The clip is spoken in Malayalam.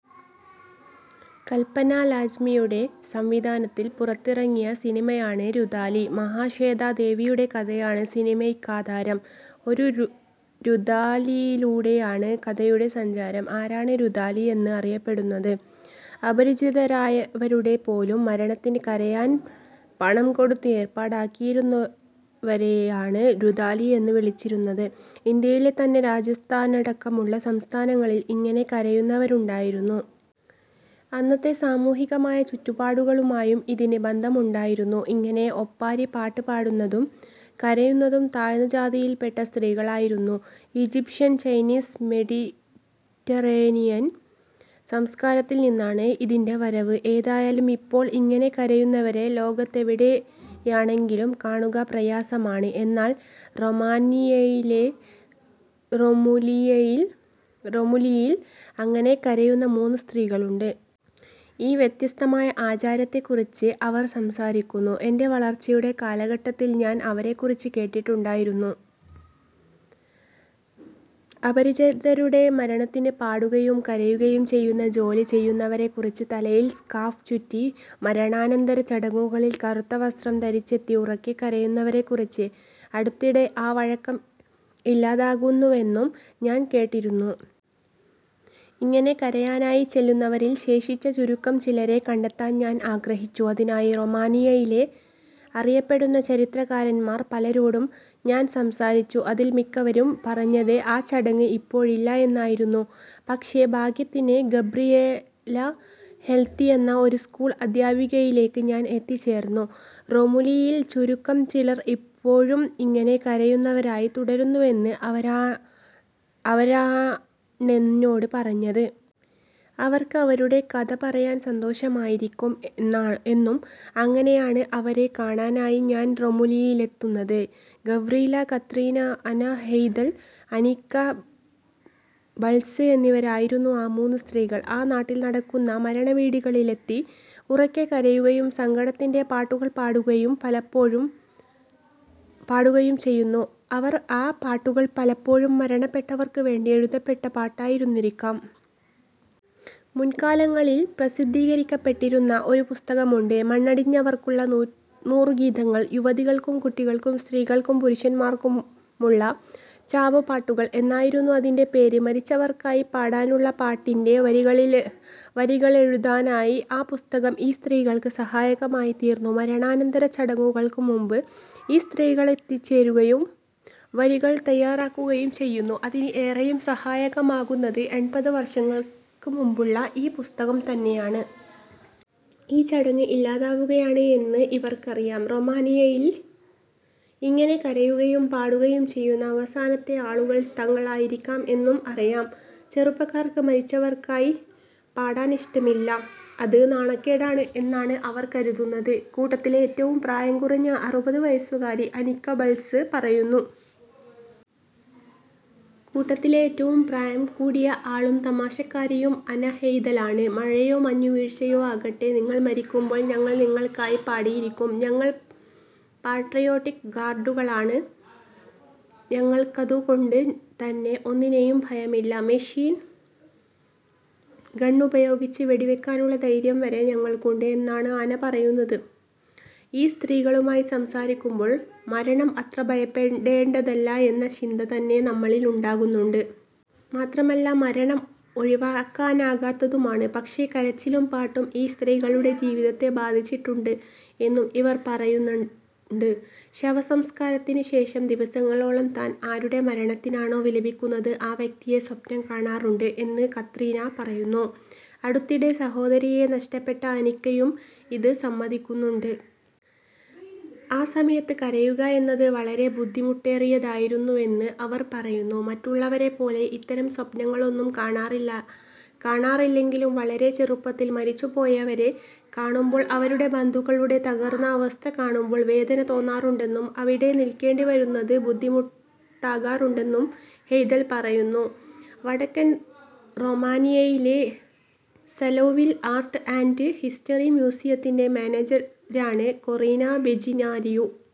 കല്പന ലാജ്മിയുടെ സംവിധാനത്തിൽ പുറത്തിറങ്ങിയ സിനിമയാണ് രുദാലി. മഹാശ്വേതാ ദേവിയുടെ കഥയാണ് സിനിമയ്ക്കാധാരം. ഒരു രുദാലിയിലൂടെയാണ് കഥയുടെ സഞ്ചാരം. ആരാണ് രുദാലി എന്ന് അറിയപ്പെടുന്നത്? അപരിചിതരായവരുടെ പോലും മരണത്തിന്, കരയാൻ പണം കൊടുത്ത് ഏർപ്പാടാക്കിയിരുന്നവരെയാണ് രുദാലി എന്ന് വിളിച്ചിരുന്നത്. ഇന്ത്യയിലെ തന്നെ രാജസ്ഥാനടക്കമുള്ള സംസ്ഥാനങ്ങളിൽ ഇങ്ങനെ കരയുന്നവരുണ്ടായിരുന്നു. അന്നത്തെ സാമൂഹികമായ ചുറ്റുപാടുകളുമായും ഇതിന് ബന്ധമുണ്ടായിരുന്നു. ഇങ്ങനെ ഒപ്പാരി പാട്ട് പാടുന്നതും കരയുന്നതും താഴ്ന്ന ജാതിയിൽ പെട്ട സ്ത്രീകളായിരുന്നു. ഈജിപ്ഷ്യൻ, ചൈനീസ്, മെഡിറ്ററേനിയൻ സംസ്കാരത്തിൽ നിന്നാണ് ഇതിൻ്റെ വരവ്. ഏതായാലും ഇപ്പോൾ ഇങ്ങനെ കരയുന്നവരെ ലോകത്തെവിടെയാണെങ്കിലും കാണുക പ്രയാസമാണ്. എന്നാൽ, റൊമാനിയയിലെ റൊമുലിയിൽ അങ്ങനെ കരയുന്ന മൂന്ന് സ്ത്രീകളുണ്ട്. ഈ വ്യത്യസ്തമായ ആചാരത്തെക്കുറിച്ച് അവർ സംസാരിക്കുന്നു. എൻ്റെ വളർച്ചയുടെ കാലഘട്ടത്തിൽ ഞാൻ അവരെക്കുറിച്ച് കേട്ടിട്ടുണ്ടായിരുന്നു. അപരിചിതരുടെ മരണത്തിന് പാടുകയും കരയുകയും ചെയ്യുന്ന ജോലി ചെയ്യുന്നവരെക്കുറിച്ച്. തലയിൽ സ്കാർഫ് ചുറ്റി, മരണാനന്തര ചടങ്ങുകളിൽ കറുത്ത വസ്ത്രം ധരിച്ചെത്തി ഉറക്കെ കരയുന്നവരെക്കുറിച്ച്. അടുത്തിടെ ആ വഴക്കം ഇല്ലാതാകുന്നുവെന്നും ഞാൻ കേട്ടിരുന്നു. ഇങ്ങനെ കരയാനായി ചെല്ലുന്നവരിൽ ശേഷിച്ച ചുരുക്കം ചിലരെ കണ്ടെത്താൻ ഞാൻ ആഗ്രഹിച്ചു. അതിനായി റൊമാനിയയിലെ അറിയപ്പെടുന്ന ചരിത്രകാരന്മാർ പലരോടും ഞാൻ സംസാരിച്ചു. അതിൽ മിക്കവരും പറഞ്ഞത് ആ ചടങ്ങ് ഇപ്പോഴില്ല എന്നായിരുന്നു. പക്ഷേ, ഭാഗ്യത്തിന് ഗബ്രിയേല ഹെർത്തിയെന്ന ഒരു സ്കൂൾ അധ്യാപികയിലേക്ക് ഞാൻ എത്തിച്ചേർന്നു. റൊമുലിയിൽ ചുരുക്കം ചിലർ ഇപ്പോഴും ഇങ്ങനെ കരയുന്നവരായി തുടരുന്നുവെന്ന് അവരാണെന്നോട് പറഞ്ഞത്. അവർക്ക് അവരുടെ കഥ പറയാൻ സന്തോഷമായിരിക്കും എന്നും. അങ്ങനെയാണ് അവരെ കാണാനായി ഞാൻ റൊമുലിയിലെത്തുന്നത്. ഗവ്രീല കത്രീന, അന ഹെയ്ദൽ, അനിക്ക ബൾസ് എന്നിവരായിരുന്നു ആ മൂന്ന് സ്ത്രീകൾ. ആ നാട്ടിൽ നടക്കുന്ന മരണവീടുകളിലെത്തി ഉറക്കെ കരയുകയും, സങ്കടത്തിൻ്റെ പാട്ടുകൾ പാടുകയും ചെയ്യുന്നു അവർ. ആ പാട്ടുകൾ പലപ്പോഴും മരണപ്പെട്ടവർക്ക് വേണ്ടി എഴുതപ്പെട്ട പാട്ടായിരുന്നിരിക്കും. മുൻകാലങ്ങളിൽ പ്രസിദ്ധീകരിക്കപ്പെട്ടിരുന്ന ഒരു പുസ്തകമുണ്ട്. മണ്ണടിഞ്ഞവർക്കുള്ള നൂറു ഗീതകങ്ങൾ: യുവതികൾക്കും കുട്ടികൾക്കും സ്ത്രീകൾക്കും പുരുഷന്മാർക്കുമുള്ള ചാവുപാട്ടുകൾ എന്നായിരുന്നു അതിൻ്റെ പേര്. മരിച്ചവർക്കായി പാടാനുള്ള പാട്ടിൻ്റെ വരികളെഴുതാനായി ആ പുസ്തകം ഈ സ്ത്രീകൾക്ക് സഹായകമായിത്തീർന്നു. മരണാനന്തര ചടങ്ങുകൾക്ക് മുമ്പ് ഈ സ്ത്രീകളെത്തിച്ചേരുകയും വരികൾ തയ്യാറാക്കുകയും ചെയ്യുന്നു. അതിന് ഏറെയും സഹായകമാകുന്നത് എൺപത് വർഷങ്ങൾക്ക് മുമ്പുള്ള ഈ പുസ്തകം തന്നെയാണ്. ഈ ചടങ്ങ് ഇല്ലാതാവുകയാണ് എന്ന് ഇവർക്കറിയാം. റൊമാനിയയിൽ ഇങ്ങനെ കരയുകയും പാടുകയും ചെയ്യുന്ന അവസാനത്തെ ആളുകൾ തങ്ങളായിരിക്കാം എന്നും അറിയാം. "ചെറുപ്പക്കാർക്ക് മരിച്ചവർക്കായി പാടാൻ ഇഷ്ടമില്ല. അത് നാണക്കേടാണ് എന്നാണ് അവർ കരുതുന്നത്" കൂട്ടത്തിലെ ഏറ്റവും പ്രായം കുറഞ്ഞ അറുപത് വയസ്സുകാരി അനിക്ക ബൾസ് പറയുന്നു. കൂട്ടത്തിലെ ഏറ്റവും പ്രായം കൂടിയ ആളും തമാശക്കാരിയും അന ഹെയ്ദലാണ്. "മഴയോ മഞ്ഞുവീഴ്ചയോ ആകട്ടെ, നിങ്ങൾ മരിക്കുമ്പോൾ ഞങ്ങൾ നിങ്ങൾക്കായി പാടിയിരിക്കും. ഞങ്ങൾ പാട്രിയോട്ടിക് ഗാർഡുകളാണ്. ഞങ്ങൾക്കതുകൊണ്ട് തന്നെ ഒന്നിനേയും ഭയമില്ല. മെഷീൻ ഗണ്ണുപയോഗിച്ച് വെടിവെക്കാനുള്ള ധൈര്യം വരെ ഞങ്ങൾക്കുണ്ട്" എന്നാണ് അന പറയുന്നത്. ഈ സ്ത്രീകളുമായി സംസാരിക്കുമ്പോൾ മരണം അത്ര ഭയപ്പെടേണ്ടതല്ല എന്ന ചിന്ത തന്നെ നമ്മളിലുണ്ടാകുന്നുണ്ട്. മാത്രമല്ല മരണം ഒഴിവാക്കാനാകാത്തതുമാണ്. പക്ഷേ, കരച്ചിലും പാട്ടും ഈ സ്ത്രീകളുടെ ജീവിതത്തെ ബാധിച്ചിട്ടുണ്ട് എന്നും ഇവർ പറയുന്നുണ്ട്. ശവസംസ്കാരത്തിന് ശേഷം ദിവസങ്ങളോളം താൻ ആരുടെ മരണത്തിനാണോ വിലപിച്ചത് ആ വ്യക്തിയെ സ്വപ്നം കാണാറുണ്ട് എന്ന് കത്രീന പറയുന്നു. അടുത്തിടെ സഹോദരിയെ നഷ്ടപ്പെട്ട അനിക്കയും ഇത് സമ്മതിക്കുന്നുണ്ട്. ആ സമയത്ത് കരയുക എന്നത് വളരെ ബുദ്ധിമുട്ടേറിയതായിരുന്നുവെന്ന് അവർ പറയുന്നു. മറ്റുള്ളവരെപ്പോലെ ഇത്തരം സ്വപ്നങ്ങളൊന്നും കാണാറില്ലെങ്കിലും വളരെ ചെറുപ്പത്തിൽ മരിച്ചുപോയവരെ കാണുമ്പോൾ, അവരുടെ ബന്ധുക്കളുടെ തകർന്ന അവസ്ഥ കാണുമ്പോൾ വേദന തോന്നാറുണ്ടെന്നും അവിടെ നിൽക്കേണ്ടി വരുന്നത് ബുദ്ധിമുട്ടാകാറുണ്ടെന്നും ഹെയ്ദൽ പറയുന്നു. വടക്കൻ റൊമാനിയയിലെ സലൗവിൽ ആർട്ട് ആൻഡ് ഹിസ്റ്ററി മ്യൂസിയത്തിൻ്റെ മാനേജരാണ് കൊറീന ബെജിനാരിയു.